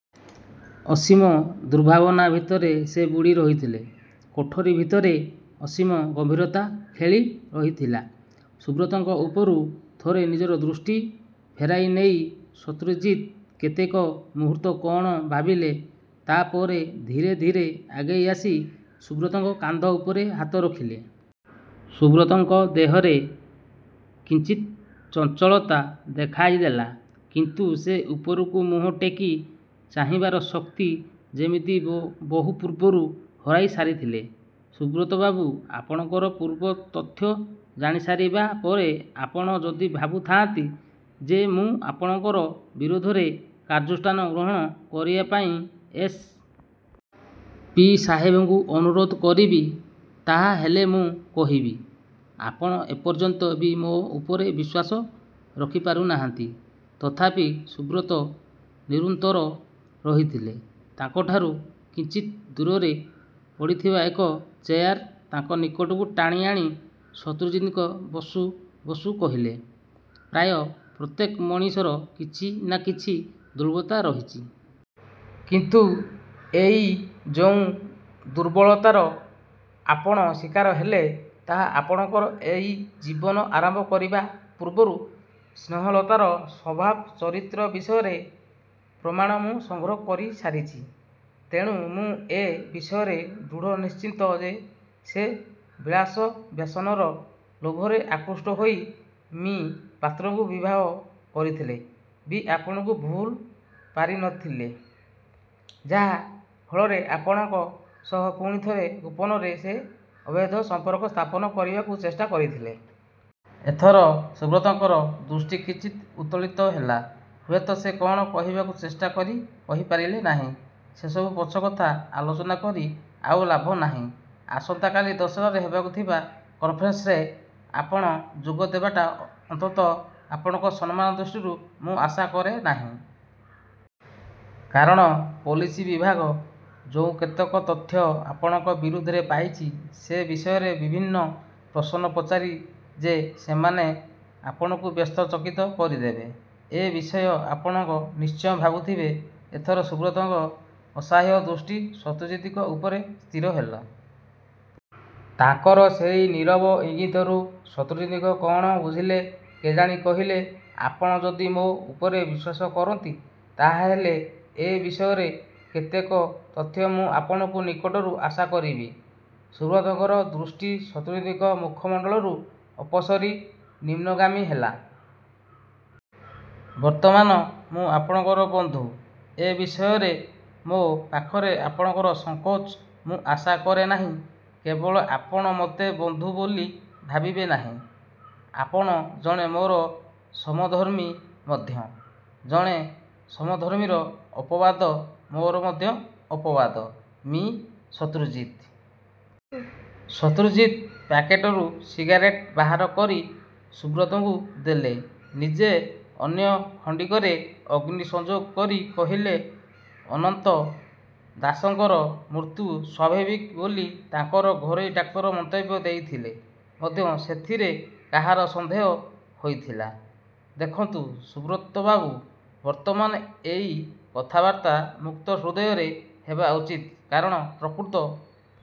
ଅସୀମ ଦୁର୍ଭାବନା ଭିତରେ ସେ ବୁଡ଼ି ରହିଥିଲେ। କୋଠରି ଭିତରେ ଅସୀମ ଗମ୍ଭୀରତା ଖେଳି ରହିଥିଲା। ସୁବ୍ରତଙ୍କ ଉପରୁ ଥରେ ନିଜର ଦୃଷ୍ଟି ଫେରାଇ ନେଇ ଶତ୍ରୁଜିତ କେତେକ ମୁହୂର୍ତ୍ତ କ'ଣ ଭାବିଲେ। ତା'ପରେ ଧୀରେ ଧୀରେ ଆଗେଇ ଆସି ସୁବ୍ରତଙ୍କ କାନ୍ଧ ଉପରେ ହାତ ରଖିଲେ। ସୁବ୍ରତଙ୍କ ଦେହରେ କିଞ୍ଚିତ୍ ଚଞ୍ଚଳତା ଦେଖାଦେଲା। କିନ୍ତୁ ସେ ଉପରକୁ ମୁହଁ ଟେକି ଚାହିଁବାର ଶକ୍ତି ଯେମିତି ବହୁ ପୂର୍ବରୁ ହରାଇ ସାରିଥିଲେ। 'ସୁବ୍ରତବାବୁ, ଆପଣଙ୍କର ପୂର୍ବ ତଥ୍ୟ ଜାଣିସାରିବା ପରେ ଆପଣ ଯଦି ଭାବୁଥାନ୍ତି ଯେ ମୁଁ ଆପଣଙ୍କର ବିରୁଦ୍ଧରେ କାର୍ଯ୍ୟାନୁଷ୍ଠାନ ଗ୍ରହଣ କରିବାପାଇଁ ଏସ୍. ପି. ସାହେବଙ୍କୁ ଅନୁରୋଧ କରିବି, ତା'ହେଲେ ମୁଁ କହିବି, ଆପଣ ଏପର୍ଯ୍ୟନ୍ତ ବି ମୋ ଉପରେ ବିଶ୍ୱାସ ରଖିପାରିନାହାନ୍ତି। ' ତଥାପି ସୁବ୍ରତ ନିରୁତ୍ତର ରହିଥିଲେ। ତାଙ୍କଠାରୁ କିଞ୍ଚିତ୍ ଦୂରରେ ପଡ଼ିଥିବା ଏକ ଚେୟାର ତାଙ୍କ ନିକଟକୁ ଟାଣି ଆଣି ଶତ୍ରୁଜିତ ବସୁ ବସୁ କହିଲେ, 'ପ୍ରାୟ ପ୍ରତ୍ୟେକ ମଣିଷର କିଛି ନା କିଛି ଦୁର୍ବଳତା ରହିଛି। କିନ୍ତୁ ଏଇ ଯୋଉ ଦୁର୍ବଳତାର ଆପଣ ଶିକାର ହେଲେ, ତାହା ଆପଣଙ୍କର ଏଇ ଜୀବନ ଆରମ୍ଭ କରିବା ପୂର୍ବରୁ। ସ୍ନେହଲତାର ସ୍ୱଭାବ ଚରିତ୍ର ବିଷୟରେ ପ୍ରମାଣ ମୁଁ ସଂଗ୍ରହ କରିସାରିଛି। ତେଣୁ ମୁଁ ଏ ବିଷୟରେ ଦୃଢ଼ ନିଶ୍ଚିତ ଯେ ସେ ବିଳାସ ବ୍ୟସନର ଲୋଭରେ ଆକୃଷ୍ଟ ହୋଇ ମି: ପାତ୍ରଙ୍କୁ ବିବାହ କରିଥିଲେ ବି ଆପଣଙ୍କୁ ଭୁଲ ପାରି ନଥିଲା, ଯାହା ଫଳରେ ଆପଣଙ୍କ ସହ ପୁଣି ଥରେ ଗୋପନରେ ସେ ଅବୈଧ ସଂପର୍କ ସ୍ଥାପନ କରିବାକୁ ଚେଷ୍ଟା କରିଥିଲା। ' ଏଥର ସୁବ୍ରତଙ୍କର ଦୃଷ୍ଟି କିଞ୍ଚିତ୍ ଉତ୍ତୋଳିତ ହେଲା। ହୁଏତ ସେ କ'ଣ କହିବାକୁ ଚେଷ୍ଟା କରି କହି ପାରିଲେ ନାହିଁ। 'ସେସବୁ ପଛକଥା ଆଲୋଚନା କରି ଆଉ ଲାଭ ନାହିଁ। ଆସନ୍ତା କାଲି ଦଶଟାରେ ହେବାକୁ ଥିବା କନ୍ଫରେନସ୍ରେ ଆପଣ ଯୋଗ ଦେବାଟା ଅନ୍ତତଃ ଆପଣଙ୍କ ସମ୍ମାନ ଦୃଷ୍ଟିରୁ ମୁଁ ଆଶା କରେ ନାହିଁ। କାରଣ ପୋଲିସ ବିଭାଗ ଯୋଉ କେତେକ ତଥ୍ୟ ଆପଣଙ୍କ ବିରୁଦ୍ଧରେ ପାଇଛି, ସେ ବିଷୟରେ ବିଭିନ୍ନ ପ୍ରଶ୍ନ ପଚାରି ଯେ ସେମାନେ ଆପଣଙ୍କୁ ବ୍ୟସ୍ତ ଚକିତ କରିଦେବେ ଏ ବିଷୟ ଆପଣ ନିଶ୍ଚୟ ଭାବୁଥିବେ। ' ଏଥର ସୁବ୍ରତଙ୍କ ଅସହାୟ ଦୃଷ୍ଟି ଶତ୍ରୁଜିତଙ୍କ ଉପରେ ସ୍ଥିର ହେଲା। ତାଙ୍କର ସେଇ ନୀରବ ଇଙ୍ଗିତରୁ ଶତ୍ରୁଜିତ କ'ଣ ବୁଝିଲେ କେଜାଣି କହିଲେ, 'ଆପଣ ଯଦି ମୋ ଉପରେ ବିଶ୍ୱାସ କରନ୍ତି, ତା'ହେଲେ ଏ ବିଷୟରେ କେତେକ ତଥ୍ୟ ମୁଁ ଆପଣଙ୍କ ନିକଟରୁ ଆଶା କରିବି। ' ସୁବ୍ରତଙ୍କର ଦୃଷ୍ଟି ଶତ୍ରୁଜିତଙ୍କ ମୁଖମଣ୍ଡଳରୁ ଅପସରି ନିମ୍ନଗାମୀ ହେଲା। 'ବର୍ତ୍ତମାନ ମୁଁ ଆପଣଙ୍କର ବନ୍ଧୁ। ଏ ବିଷୟରେ ମୋ ପାଖରେ ଆପଣଙ୍କର ସଂକୋଚ ମୁଁ ଆଶା କରେ ନାହିଁ। କେବଳ ଆପଣ ମୋତେ ବନ୍ଧୁ ବୋଲି ଭାବିବେ ନାହିଁ। ଆପଣ ଜଣେ ମୋର ସମଧର୍ମୀ ମଧ୍ୟ। ଜଣେ ସମଧର୍ମୀର ଅପବାଦ ମୋର ମଧ୍ୟ ଅପବାଦ। ' 'ମି: ଶତ୍ରୁଜିତ! ' ଶତ୍ରୁଜିତ ପ୍ୟାକେଟରୁ ସିଗାରେଟ ବାହାର କରି ସୁବ୍ରତଙ୍କୁ ଦେଲେ। ନିଜେ ଅନ୍ୟ ଖଣ୍ଡିକରେ ଅଗ୍ନି ସଂଯୋଗ କରି କହିଲେ, 'ଅନନ୍ତ ଦାସଙ୍କର ମୃତ୍ୟୁ ସ୍ୱାଭାବିକ ବୋଲି ତାଙ୍କର ଘରୋଇ ଡାକ୍ତର ମନ୍ତବ୍ୟ ଦେଇଥିଲେ ମଧ୍ୟ ସେଥିରେ କାହାର ସନ୍ଦେହ ହୋଇଥିଲା? ଦେଖନ୍ତୁ ସୁବ୍ରତବାବୁ ବର୍ତ୍ତମାନ ଏଇ କଥାବାର୍ତ୍ତା ମୁକ୍ତ ହୃଦୟରେ ହେବା ଉଚିତ। କାରଣ ପ୍ରକୃତ